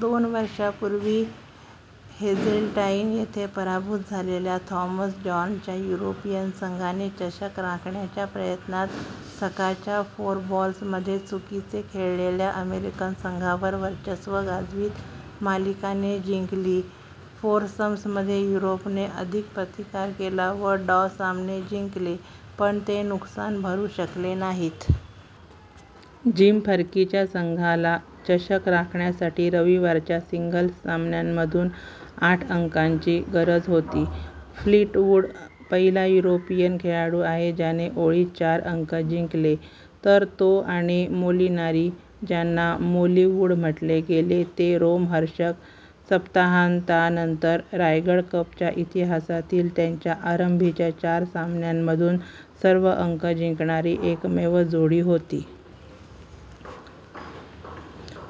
दोन वर्षांपूर्वी हेझेल्टाईन येथे पराभूत झालेल्या, थॉमस जॉर्नच्या युरोपियन संघाने चषक राखण्याच्या प्रयत्नात सकाळच्या फोरबॉल्समध्ये चुकीचे खेळलेल्या अमेरिकन संघावर वर्चस्व गाजवीत मालिका ने जिंकली. फोरसम्समध्ये युरोपने अधिक प्रतिकार केला व डॉ सामने जिंकले, पण ते नुकसान भरू शकले नाहीत. जिम फर्कीच्या संघाला चषक राखण्यासाठी रविवारच्या सिंगल्स सामन्यांमधून आठ अंकांची गरज होती. फ्लीटवूड पहिला युरोपियन खेळाडू आहे ज्याने ओळीत चार अंक जिंकले, तर तो आणि मोलिनारी, ज्यांना "मोलिवूड" म्हटले गेले, ते रोमहर्षक सप्ताहांतानंतर रायडर कपच्या इतिहासातील त्यांच्या आरंभीच्या चार सामन्यांमधून सर्व अंक जिंकणारी एकमेव जोडी होती.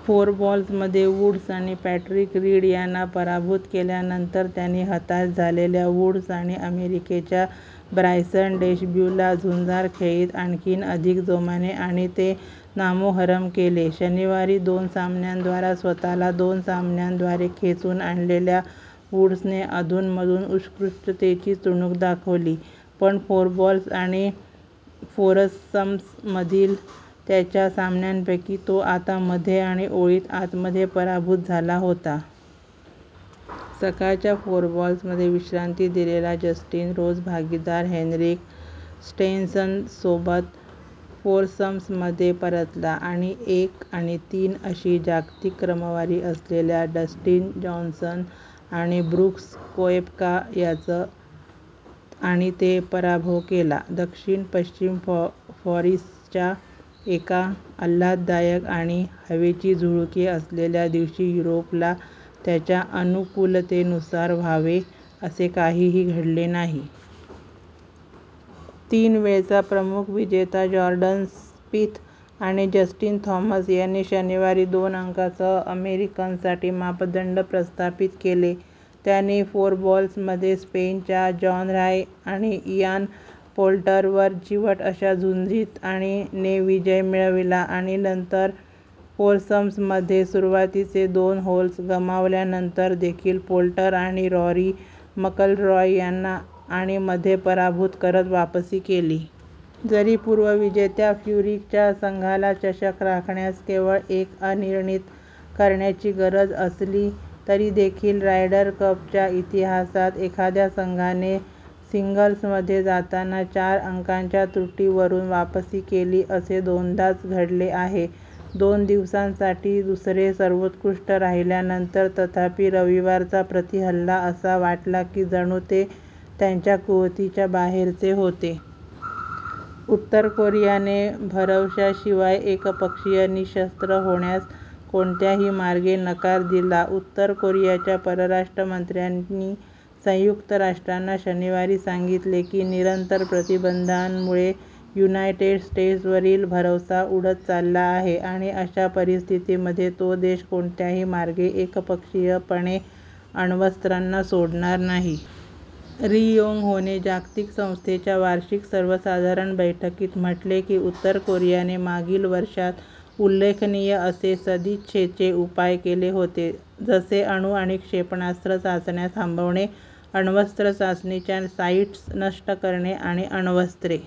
फोरबॉल्समध्ये वूड्स आणि पॅट्रिक रीड यांना पराभूत केल्यानंतर, त्यांनी हताश झालेल्या वूड्स आणि अमेरिकेच्या ब्रायसन डेशब्यूला झुंजार खेळीत आणखी अधिक जोमाने आणि ने नामोहरम केले. शनिवारी दोन सामन्यांद्वारा स्वतःला दोन सामन्यांद्वारे खेचून आणलेल्या वूड्सने, अधूनमधून उत्कृष्टतेची चुणूक दाखविल, पण फोरबॉल्स आणि फोरसम्समधील त्याच्या सामन्यांपैकी तो आता मध्ये आणि ओळीत सातमध्ये पराभूत झाला होता. सकाळच्या फोरबॉल्समध्ये विश्रांती दिलेला जस्टिन रोज, भागीदार हेन्रिक स्टेन्सनसोबत फोरसम्समध्ये परतला आणि एक आणि तीन अशी जागतिक क्रमवारी असलेल्या डस्टिन जॉन्सन आणि ब्रूक्स कोएप्का याचं आणि ने पराभव केला. दक्षिण-पश्चिम पॅरिसच्या एका आल्हाददायक आणि हवेची झुळूके असलेल्या दिवशी युरोपला त्याच्या अनुकूलतेनुसार व्हावे असे काहीही घडले नाही. तीन वेळचा प्रमुख विजेता जॉर्डन स्पिथ आणि जस्टिन थॉमस यांनी शनिवारी दोन अंकांसह अमेरिकन्ससाठी मापदंड प्रस्थापित केले. त्यांनी फोरबॉल्समध्ये स्पेनच्या जॉन राह्म आणि इयान पोल्टरवर चिवट अशा झुंजीत आणि ने विजय मिळविला आणि नंतर फोरसम्समध्ये सुरुवातीचे दोन होल्स गमावल्यानंतर देखील पोल्टर आणि रॉरी मकलरॉय यांना आणि मध्ये पराभूत करत वापसी केली. जरी पूर्वविजेत्या फ्युरिकच्या संघालाचषक राखण्यास केवळ एक अनिर्णीत करण्याची गरज असली, तरी देखील रायडर कपच्या इतिहासात एखाद्या संघाने सिंगल्समध्ये जाताना चार-अंकांच्या तुटीवरून वापसी केली असे दोनदाच घडले आहे. दोन दिवसांसाठी दुसरे-सर्वोत्कृष्ट राहिल्यानंतर, तथापि, रविवारचा प्रति-हल्ला असा वाटला की जणू ते त्यांच्या कुवतीच्या बाहेरचे होते. उत्तर कोरियाने भरवशाशिवाय एकपक्षीय निःशस्त्र होण्यास "कोणत्याही मार्गे" नकार दिला उत्तर कोरियाच्या परराष्ट्र मंत्र्यांनी संयुक्त राष्ट्रांना शनिवारी सांगितले की निरंतर प्रतिबंधांमुळे युनायटेड स्टेट्सवरील भरवसा उडत चालला आहे आणि अशा परिस्थितीमध्ये तो देश कोणत्याही मार्गे एकपक्षीयपणे अण्वस्त्रांना सोडणार नाही. री योंग होने जागतिक संस्थेच्या वार्षिक सर्वसाधारण बैठकीत म्हटले की उत्तर कोरियाने मागील वर्षात "उल्लेखनीय असे सदिच्छेचे उपाय" केले होते, जसे अणु आणि क्षेपणास्त्र चाचण्या थांबविणे, अण्वस्त्र चाचणीच्या साईट्स नष्ट करणे आणि अण्वस्त्रे